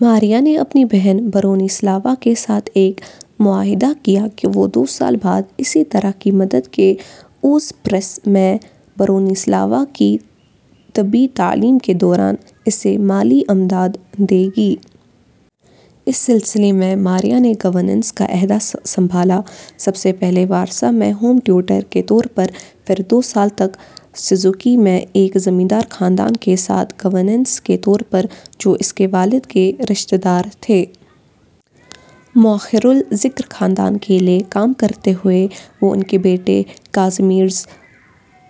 ماریا نے اپنی بہن، برونیسلاوا کے ساتھ ایک معاہدہ کیا کہ وہ دو سال بعد اسی طرح کی مدد کے عوض پیرس میں برونیسلاوا کی طبی تعلیم کے دوران اسے مالی امداد دے گی۔ اس سلسلے میں، ماریہ نے گورننس کا عہدہ سنبھالا: سب سے پہلے وارسا میں ہوم ٹیوٹر کے طور پر؛ پھر دو سال تک سوزوکی میں ایک زمیندار خاندان کے ساتھ گورننس کے طور پر، جو اس کے والد کے رشتہ دار تھے۔ مؤخر الذکر خاندان کے لیے کام کرتے ہوئے، وہ ان کے بیٹے، کازیمیرز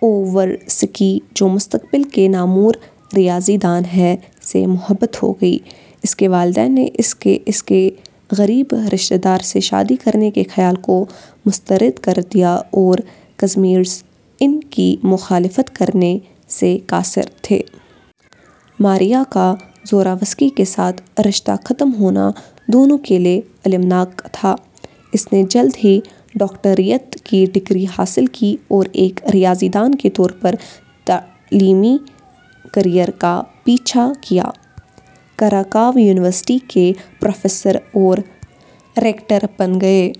اوورسکی، جو مستقبل کے نامور ریاضی دان ہیں، سے محبت ہو گئی۔ اس کے والدین نے اس کے اس کے غریب رشتہ دار سے شادی کرنے کے خیال کو مسترد کر دیا اور کازیمیرز ان کی مخالفت کرنے سے قاصر تھے۔ ماریا کا زوراوسکی کے ساتھ رشتہ ختم ہونا دونوں کے لیے المناک تھا۔ اس نے جلد ہی ڈاکٹریٹ کی ڈگری حاصل کی اور ایک ریاضی دان کے طور پر تعلیمی کیریئر کا پیچھا کیا، کراکاؤ یونیورسٹی کے پروفیسر اور ریکٹر بن گئے۔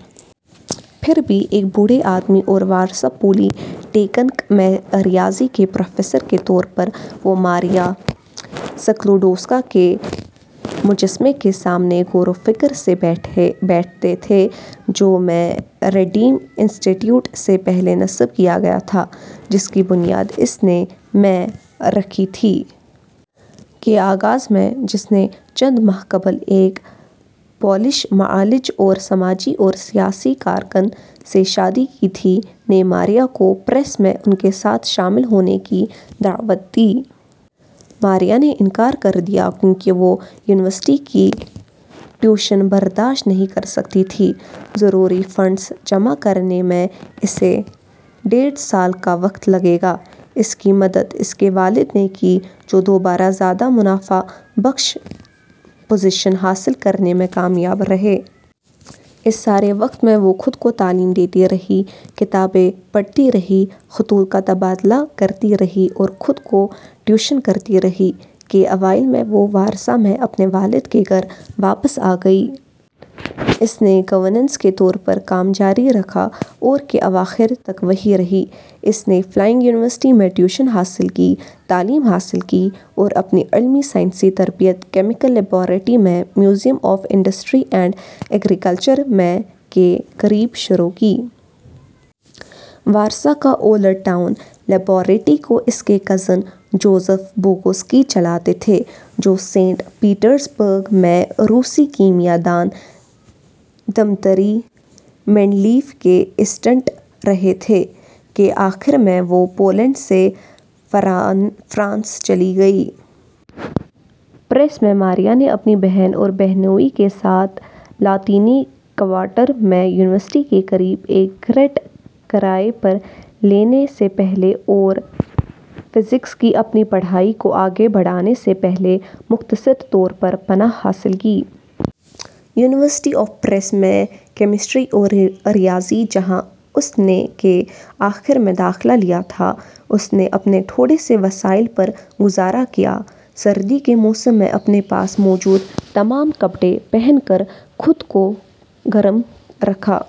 پھر بھی، ایک بوڑھے آدمی اور وارسا پولی ٹیکنک میں ریاضی کے پروفیسر کے طور پر، وہ ماریہ سکلوڈوسکا کے مجسمے کے سامنے غور و فکر سے بیٹھتے تھے جو میں ریڈیم انسٹی ٹیوٹ سے پہلے نصب کیا گیا تھا، جس کی بنیاد اس نے میں رکھی تھی۔ کے آغاز میں، جس نے چند ماہ قبل ایک پولش معالج اور سماجی اور سیاسی کارکن، سے شادی کی تھی، نے ماریا کو پیرس میں ان کے ساتھ شامل ہونے کی دعوت دی۔ ماریہ نے انکار کر دیا کیونکہ وہ یونیورسٹی کی ٹیوشن برداشت نہیں کر سکتی تھی۔ ضروری فنڈز جمع کرنے میں اسے ڈیڑھ سال کا وقت لگے گا۔ اس کی مدد اس کے والد نے کی، جو دوبارہ زیادہ منافع بخش پوزیشن حاصل کرنے میں کامیاب رہے۔ اس سارے وقت میں وہ خود کو تعلیم دیتی رہی، کتابیں پڑھتی رہی، خطوط کا تبادلہ کرتی رہی اور خود کو ٹیوشن کرتی رہی۔ کے اوائل میں وہ وارسا میں اپنے والد کے گھر واپس آگئی۔ اس نے گورننس کے طور پر کام جاری رکھا اور کے اواخر تک وہیں رہی۔ اس نے فلائنگ یونیورسٹی میں ٹیوشن حاصل کی، تعلیم حاصل کی اور اپنی عملی سائنسی تربیت کیمیکل لیبارٹری میں museum of industry and agriculture میں کے قریب شروع کی۔ وارسا کا اولڈ ٹاؤن۔ لیبارٹری کو اس کے کزن جوزف بوگوسکی چلاتے تھے، جو سینٹ پیٹرزبرگ میں روسی کیمیا دان دمتری مینڈیلیف کے اسسٹنٹ رہے تھے۔ کے آخر میں، وہ پولینڈ سے فرانس چلی گئیں۔ پیرس میں، ماریا نے اپنی بہن اور بہنوئی کے ساتھ لاطینی کوارٹر میں، یونیورسٹی کے قریب ایک گیرٹ کرائے پر لینے سے پہلے اور فزکس کی اپنی پڑھائی کو آگے بڑھانے سے پہلے مختصر طور پر پناہ حاصل کی۔ یونیورسٹی آف پیرس میں کیمسٹری اور ریاضی، جہاں اس نے کے آخر میں داخلہ لیا تھا۔ اس نے اپنے تھوڑے سے وسائل پر گزارہ کیا، سردی کے موسم میں اپنے پاس موجود تمام کپڑے پہن کر خود کو گرم رکھا۔